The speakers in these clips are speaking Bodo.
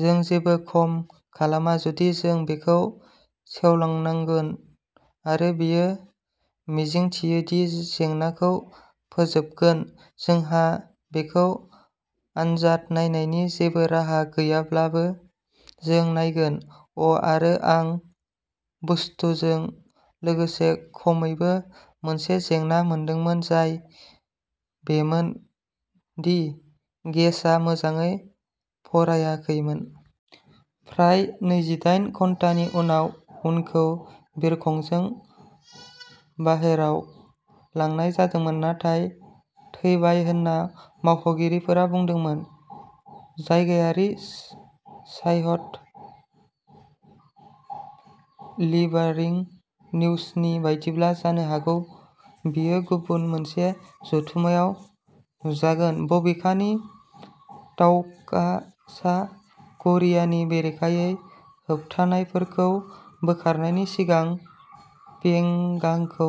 जों जेबो खम खालामा जुदि जों बेखौ सेवलांनांगोन, आरो बियो मिजिंथियो दि जेंनाखौ फोजोबगोन। जोंहा बेखौ आनजाद नायनायनि जेबो राहा गैयाब्लाबो जों नायगोन अ आरो आं बुस्टुजों लोगोसे खमैबो मोनसे जेंना मोनदोंमोन, जाय बेमोन दि गेजआ मोजाङै फरायाखैमोन। फ्राय नैजिदाइन घन्टानि उनाव, उखौ बिरखंजों बाहेरायाव लांनाय जादोंमोन नाथाय थैबाय होनना मावख'गिरिफोरा बुंदोंमोन, जायगायारि साइयट लिबारिं निउसनि बायदिब्ला। जानो हागौ बेयो गुबुन मोनसे जथुमआव नुजागोन, बबेखानि टावकआ सा-करियानि बेरेखायै होबथानायफोरखौ बोखारनायनि सिगां पेंगांखौ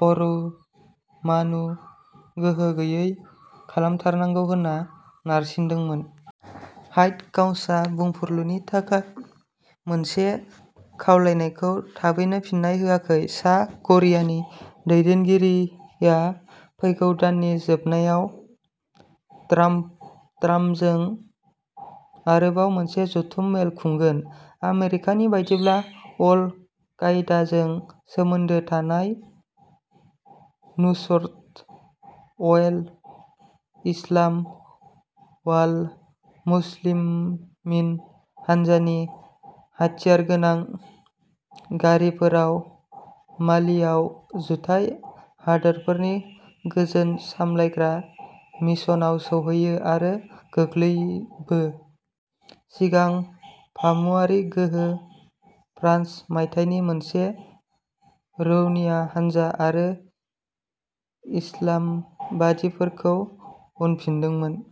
परुमाणु गोहो गैयै खालामथारनांगौ होनना नारसिनदोंमोन। ह्वाइट हाउसा बुंफुरलुनि थाखाय मोनसे खावलायनायखौ थाबैनो फिन्नाय होआखै। सा-करियानि दैदेनगिरिआ फैगौ दाननि जोबनायाव ट्राम्पजों आरोबाव मोनसे जथुम मेल खुंगोन, आमेरिकानि बायदिब्ला अल-कायदाजों सोमोन्दो थानाय नुसरत अइल-इस्लाम वाल मुस्लिमीन हान्जानि हाथियारगोनां गारिफोराव मालिआव जुथाइ हादोरफोरनि गोजोन सामलायग्रा मिशनाव सौहैयो आरो गाग्लोबो। सिगांनि फामुवारि गोहो, फ्रान्स, मायथाइनि मोनसे रौनिया हानजा आरो इस्लामबादिफोरखौ उनफिनदोंमोन।